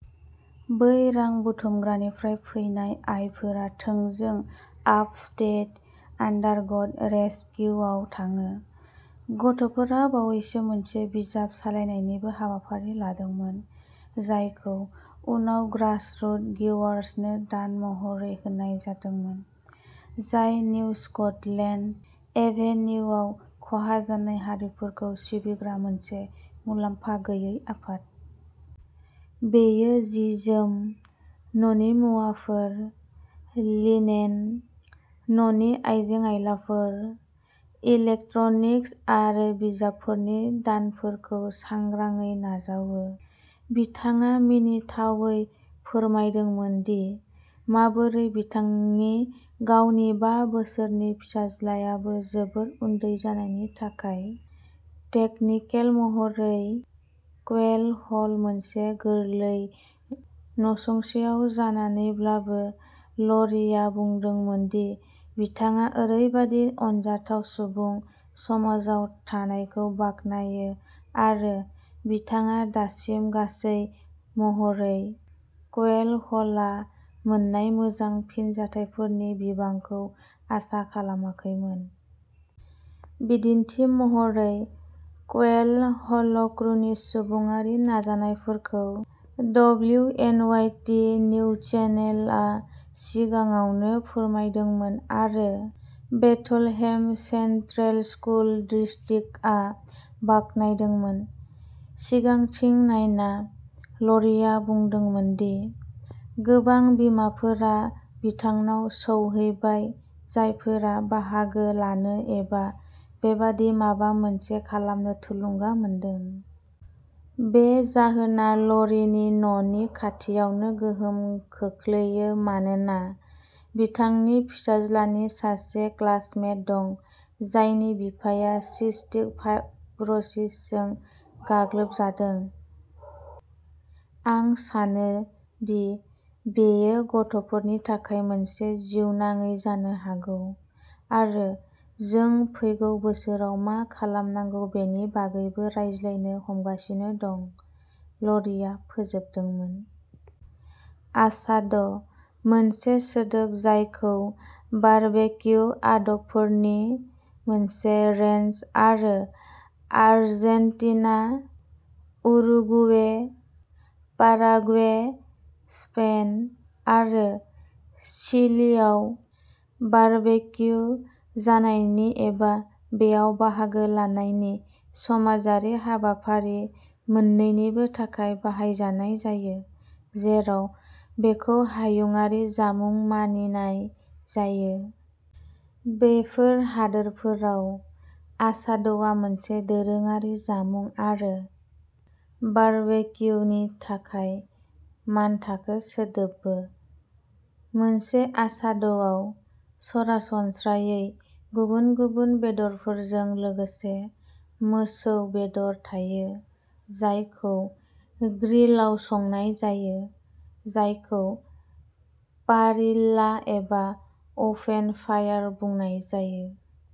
बै रां बुथुमग्रानिफ्राय फैनाय आयफोरा थोंजों आपस्टेट आन्डारडग रेसकिउआव थाङो। गथ'फोरा बावैसो मोनसे बिजाब सालायनायनिबो हाबाफारि लादोंमोन, जायखौ उनाव ग्रासरुट गिवार्सनो दान महरै होनाय जादोंमोन, जाय निउ स्कटलेन्ड एभेन्युआव खहा जानाय हारिफोरखौ सिबिग्रा मोनसे मुलाम्फा गैयै आफाद। बेयो जि-जोम, न'नि मुवाफोर, लिनेन, न'नि आइजें-आइलाफोर, इलेक्ट्रनिक्स आरो बिजाबफोरनि दानफोरखौ सांग्राङै नाजावो। बिथाङा मिनिथावै फोरमायदोंमोन दि माबोरै बिथांनि गावनि बा बोसोरनि फिसाज्लायाबो जोबोद उन्दै जानायनि थाखाय टेकनिकेल महरै क्वेल हल मोनसे गोरलै नसुंसेआव जानानैब्लाबो, ल'रिआ बुंदोंमोन दि बिथाङा ओरैबायदि अनजाथाव सुबुं समाजाव थानायखौ बाख्नायो आरो बिथाङा दासिम गासै महरै क्वेल हल'आ मोन्नाय मोजां फिनजाथायफोरनि बिबांखौ आसा खालामाखैमोन। बिदिन्थि महरै, क्वेल हल'क्रुनि सुबुंआरि नाजानायफोरखौ डब्लिउएनवाइटि निउजचेनेल आ सिगाङावनो फोरमायदोंमोन आरो बेथलहेम सेन्ट्रेल स्कुल डिस्ट्रिक्टआ बाख्नायदोंमोन। सिगांथिं नायना, ल'रिआ बुंदोंमोन दि गोबां बिमाफोरा बिथांनाव सौहैबाय जायफोरा बाहागो लानो एबा बेबादि माबा मोनसे खालामनो थुलुंगा मोनदों। बे जाहोना ल'रीनि न'नि खाथियावनो गोहोम खोख्लैयो मानोना बिथांनि फिसाज्लानि सासे क्लासमेट दं जायनि बिफाया सिस्टिक फाइब्र'सिसजों गाग्लोबजादों। "आं सानो दि बेयो गथ'फोरनि थाखाय मोनसे जिउनाङै जानो हागौ, आरो जों फैगौ बोसोराव मा खालामनांगौ बेनि बागैबो रायज्लायनो हमगासिनो दं", ल'रीआ फोजोबदोंमोन। आसाद' मोनसे सोदोब जायखौ बारबेक्यू आदबफोरनि मोनसे रेन्ज आरो आर्जेन्टिना, उरुगुवे, पाराग्वे, स्पेन आरो चिलीआव बारबेक्यू जानायनि एबा बेयाव बाहागो लानायनि समाजारि हाबाफारि मोन्नैनिबो थाखाय बाहायनाय जायो, जेराव बेखौ हायुंआरि जामुं मानिनाय जायो। बेफोर हादोरफोराव, आसाद'आ मोनसे दोरोङारि जामुं आरो "बारबेक्यू" नि थाखाय मानथाखो सोदोबबो। मोनसे आसाद'आव सरासनस्रायै गुबुन गुबुन बेदरफोरजों लोगोसे मोसौ बेदर थायो, जायखौ ग्रिलआव संनाय जायो, जायखौ पारिल्ला एबा अपेन फायार बुंनाय जायो।